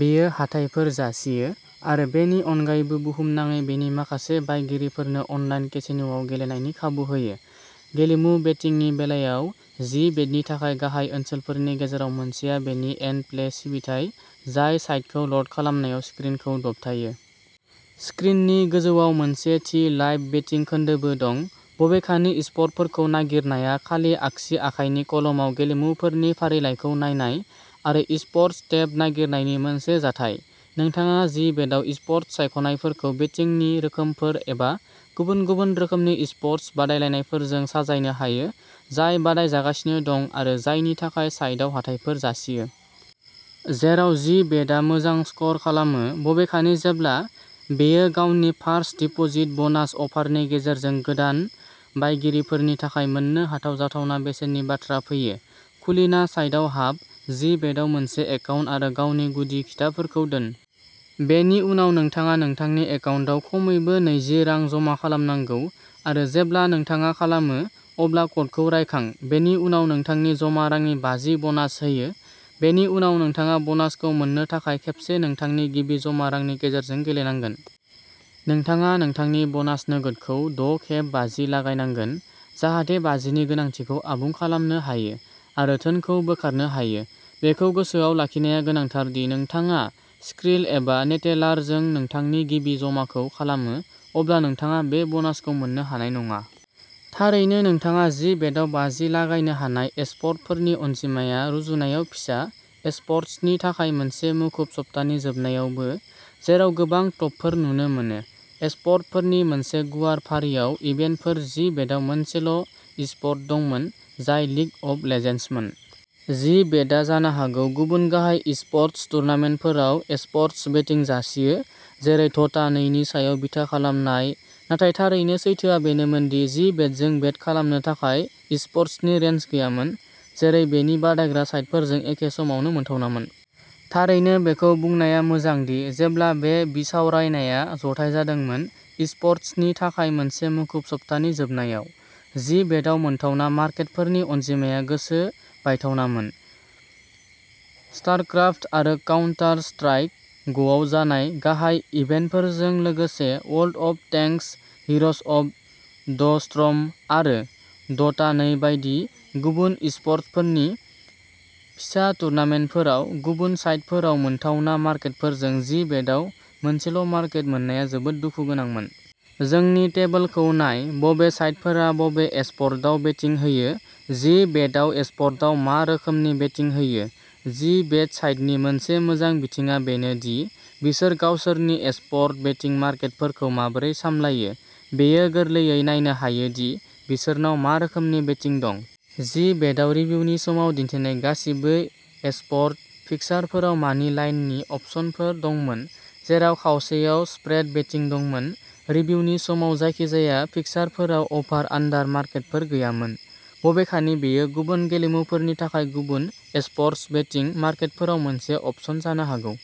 बेयो हाथाइफोर जासियो आरो बेनि अनगायैबो, बुहुमनाङै बेनि माखासे बायगिरिफोरनो अनलाइन केसिन’आव गेलेनायनि खाबु होयो। गेलेमु बेटिंनि बेलायाव जि बेटनि थाखाय गाहाय ओनसोलफोरनि गेजेराव मोनसेआ बेनि इन प्ले सिबिथाइ, जाय साइटखौ ल'ड खालामनायाव स्क्रिनखौ दबथायो। स्क्रिननि गोजौआव मोनसे थि लाइभ बेटिं खोन्दोबो दं। बबेखानि, इस्प'र्टफोरखौ नागिरनाया खालि आगसि आखाइनि कलमाव गेलेमुफोरनि फारिलाइखौ नायनाय आरो इस्प'र्टस टेब नागिरनायनि मोनसे जाथाय। नोंथाङा जि बेटआव इस्प'र्टस सायख'नायफोरखौ बेटिंनि रोखोमफोर एबा गुबुन गुबुन रोखोमनि इस्प'र्टस बादायलायनायफोरजों साजायनो हायो जाय बादायजागासिनो दं आरो जायनि थाखाय साइटआव हाथाइफोर जासियो। जेराव जि बेटआ मोजां स्क'र खालामो, बबेखानि जेब्ला बेयो गावनि फार्स्ट डिप'जिट बनास अफारनि गेजेरजों गोदान बायगिरिफोरनि थाखाय मोननो हाथाव जाथावना बेसेननि बाथ्रा फैयो। खुलिना साइटआव हाब। जि बेटआव मोनसे एकाउन्ट आरो गावनि गुदि खिथाफोरखौ दोन। बेनि उनाव नोंथाङा नोंथांनि एकाउन्टआव खमैबो नैजि रां जमा खालामनांगौ आरो जेब्ला नोंथाङा खालामो, अब्ला क'ड खौ रायखां। बेनि उनाव नोंथांनि जमा रांनि बाजि बनास होयो। बेनि उनाव नोंथाङा बनासखौ मोननो थाखाय खेबसे नोंथांनि गिबि जमा रांनि गेजेरजों गेलेनांगोन। नोंथाङा नोंथांनि बनास नोगोदखौ द' खेब बाजि लागायनांगोन जाहाथे बाजिनि गोनांथिखौ आबुं खालामनो हायो आरो धोनखौ बोखारनो हायो। बेखौ गोसोआव लाखिनाया गोनांथार दि नोंथाङा स्क्रिल एबा नेटेलारजों नोंथांनि गिबि जमाखौ खालामो, अब्ला नोंथाङा बे बनासखौ मोननो हानाय नङा। थारैनो, नोंथाङा जि बेटआव बाजि लागायनो हानाय एस्प'र्टफोरनि अनजिमाया रुजुनायाव फिसा। एस्प'र्ट्सनि थाखाय मोनसे मुखुब सप्तानि जोबनायावबो, जेराव गोबां टपफोर नुनो मोनो। एस्प'र्टफोरनि मोनसे गुवार फारियाव इभेन्टफोर, जि बेटआव मोनसेल' इस्प'र्ट दंमोन, जाय लिग अफ लेजेन्डसमोन। जि बेटआ जानो हागौ गुबुन गाहाय इस्प'र्टस टुर्नामेन्टफोराव एस्प'र्टस बेटिं जासियो, जेरै ड'टा नै नि सायाव बिथा खालामनाय, नाथाय थारैनो सैथोआ बेनोमोन दि जि बेटजों बेट खालामनो थाखाय इस्प'र्टसनि रेन्ज गैयामोन, जेरै बेनि बादायग्रा साइटफोरजों एखे समावनो मोनथावनामोन। थारैनो, बेखौ बुंनाया मोजां दि जेब्ला बे बिसावरायनाया जथाय जादोंमोन, इस्प'र्टसनि थाखाय मोनसे मुखुब सप्तानि जोबनायाव, जि बेटआव मोनथावना मार्केटफोरनि अनजिमाया गोसो बायथावनामोन। स्टारक्राफ्ट आरो काउन्टार स्ट्राइकः ग'आव जानाय गाहाय इभेन्टफोरजों लोगोसे, World of Tanks, Heroes of the Storm आरो ड'टा नै बायदि गुबुन इस्प'र्टफोरनि फिसा टुर्नामेन्टफोराव गुबुन साइटफोराव मोनथावना मार्केटफोरजों, जि बेटआव मोनसेल'मार्केट मोननाया जोबोद दुखु गोनांमोन। जोंनि टेबोलखौ नाय। बबे साइटफोरा बबे एस्प'र्टआव बेटिं होयो। जि बेटआव एस्प'र्टआव मा रोखोमनि बेटिं होयो? जि बेट साइटनि मोनसे मोजां बिथिंआ बेनो दि बिसोर गावसोरनि एस्प'र्ट बेटिं मार्केटफोरखौ माबोरै सामलायो, बेयो गोरलैयै नायनो हायो दि बिसोरनाव मा रोखोमनि बेटिं दं। जि बेटआव रिभिउनि समाव दिन्थिनाय गासिबो एस्प'र्ट फिक्सारफोराव मानि लाइननि अपसनफोर दंमोन, जेराव खावसेयाव स्प्रेड बेटिं दंमोन। रिभिउनि समाव जायखिजाया फिक्सारफोराव अभार आन्डार मार्केटफोर गैयामोन, बबेखानि बेयो गुबुन गेलेमुफोरनि थाखाय गुबुन इस्प'र्टस बेटिं मार्केटफोराव मोनसे अपसन जानो हागौ।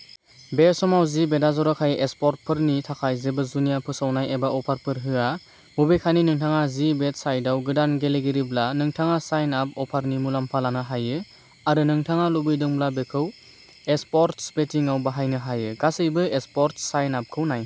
बे समाव जि बेटआ जर'खायै एस्प'र्टफोरनि थाखाय जेबो जुनिया फोसावनाय एबा अफारफोर होआ। बबेखानि नोंथाङा जि बेट साइटआव गोदान गेलेगिरिब्ला, नोंथाङा साइन आप अफारनि मुलाम्फा लानो हायो आरो नोंथाङा लुबैदोंब्ला बेखौ एस्प'र्टस बेटिंआव बाहायनो हायो। गासैबो एस्प'र्टस साइन आपखौ नाय।